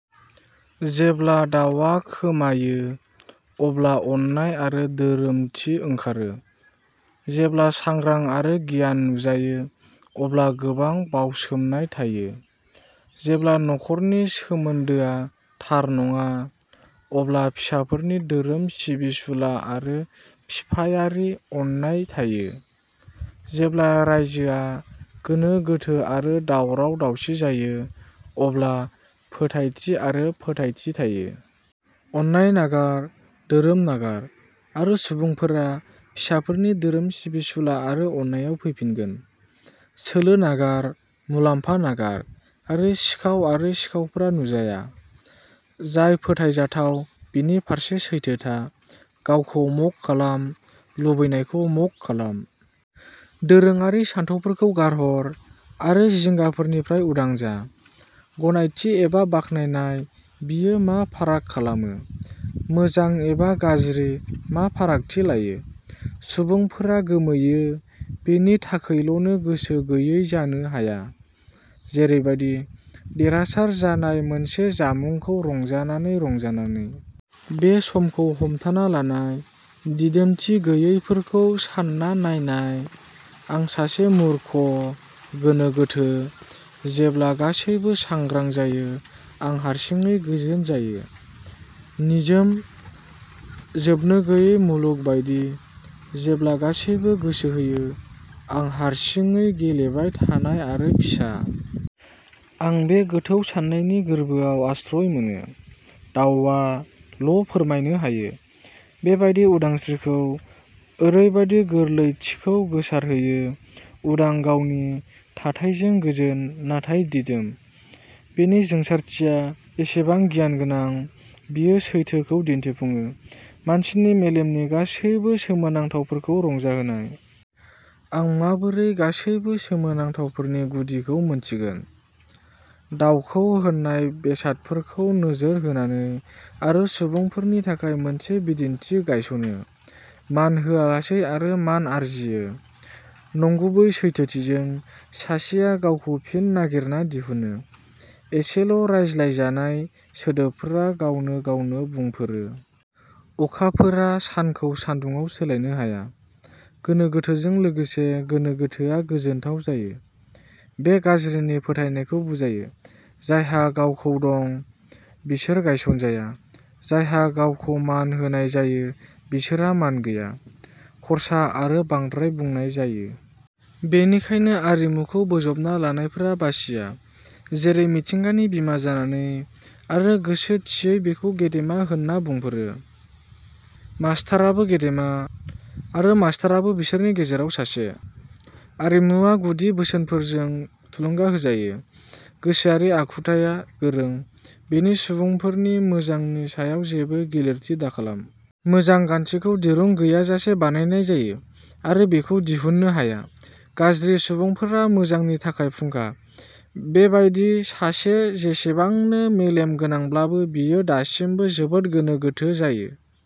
जेब्ला दावआ खोमायो, अब्ला अननाय आरो धोरोमथि ओंखारो। जेब्ला सांग्रा आरो गियान नुजायो, अब्ला गोबां बावसोमनाय थायो। जेब्ला नखरनि सोमोन्दोआ थार नङा, अब्ला फिसाफोरनि धोरोम सिबिसुला आरो बिफायारि अननाय थायो। जेब्ला रायजोआ गोनो गोथो आरो दावराव-दावसि जायो, अब्ला फोथायथि आरो फोथायथि थायो। अननाय नागार, धोरोम नागार; आरो सुबुंफोरा फिसाफोरनि धोरोम सिबिसुला आरो अननायाव फैफिनगोन। सोलो नागार, मुलाम्फा नागार; आरो सिखाव आरो सिखावफोरा नुजाया। जाय फोथायजाथाव, बिनि फारसे सैथो था। गावखौ खम खालाम, लुबैनायखौ खम खालाम। दोरोङारि सानथौफोरखौ गारहर आरो जिंगाफोरनिफ्राय उदां जा। गनायथि एबा बाख्नायनाय, बेयो मा फाराग खालामो? मोजां एबा गाज्रि, मा फारागथि लायो? सुबुंफोरा गोमोयो, बेनि थाखायल'नों गोसो गैयै जानो हाया? जेरैबादि। देरहासार जानाय मोनसे जामुंखौ रंजानानै रंजानानै। बे समखौ हमथाना लानाय! दिदोमथि गैयैफोरखौ सानना नायनाय। आं सासे मूर्ख! गोनो गोथो! जेब्ला गासैबो सांग्रां जायो, आं हारसिङै गोजोन जायो। निजोम! जोबनोगैयै मुलुग बायदि। जेब्ला गासैबो गोसो होयो, आं हारसिङै गेलेबाय थानाय आरो फिसा। आं बे गोथौ साननायनि गोरबोआव आश्रय मोनो। दाअ'आ ल'फोरमायनो हायो। बेबादि उदांस्रिखौ, ओरैबादि गोरलैथिखौ गोसारहोयो। उदां! गावनि थाथायजों गोजोन, नाथाय दिदोम। बेनि जोंसारथिया एसेबां गियानगोनां, बेयो सैथोखौ दिन्थिफुङो। मानसिनि मेलेमनि गासैबो सोमोनांथावफोरखौ रंजाहोनाय। आं माबोरै गासैबो सोमोनांथावफोरनि गुदिखौ मिन्थिगोन? दाअ'खौ होनाय बेसादफोरखौ नोजोर होनानै। आरो सुबुंफोरनि थाखाय मोनसे बिदिन्थि गायसनो। मान होआलासै आरो मान आरजियो। नंगुबै सैथोथिजों, सासेया गावखौ फिन नागिरना दिहुनो। एसेल'रायज्लायजानाय, सोदोबफोरा गावनो गावनो बुंफोरो। अखाफोरआ सानखौ सान्दुंआव सोलायनो हाया। गोनो गोथोजों लोगोसे, गोनो गोथोआ गोजोनथाव जायो। बे गाज्रिनि फोथायनायखौ बुजायो। जायहा गावखौ दं, बिसोर गायसनजाया। जायहा गावखौ मान होनाय जायो, बिसोरहा मान गैया। खर्सा आरो बांद्राय बुंनाय जायो। बेनिखायनो आरिमुखौ बोजबना लानायफोरा बासिया। जेरै मिथिंगानि बिमा जानानै। आरो गोसो थियै बेखौ गेदेमा होन्ना बुंफोरो। मास्ताराबो गेदेमा। आरो मास्ताराबो बिसोरनि गेजेराव सासे। आरिमुआ गुदि बोसोनफोरजों थुलुंगा होजायो। गोसोआरि आखुथाइआ गोरों। बेनि सुबुंफोरनि मोजांनि सायाव जेबो गिलिरथि दाखालाम। मोजां गान्थिखौ दिरुं गैयाजासे बानायनाय जायो आरो बेखौ दिहुननो हाया। गाज्रि सुबुंफोरा मोजांनि थाखाय फुंखा। बेबायदि सासे जेसेबांनो मेलेमगोनांब्लाबो, बियो दासिमबो जोबोद गोनो गोथो जायो।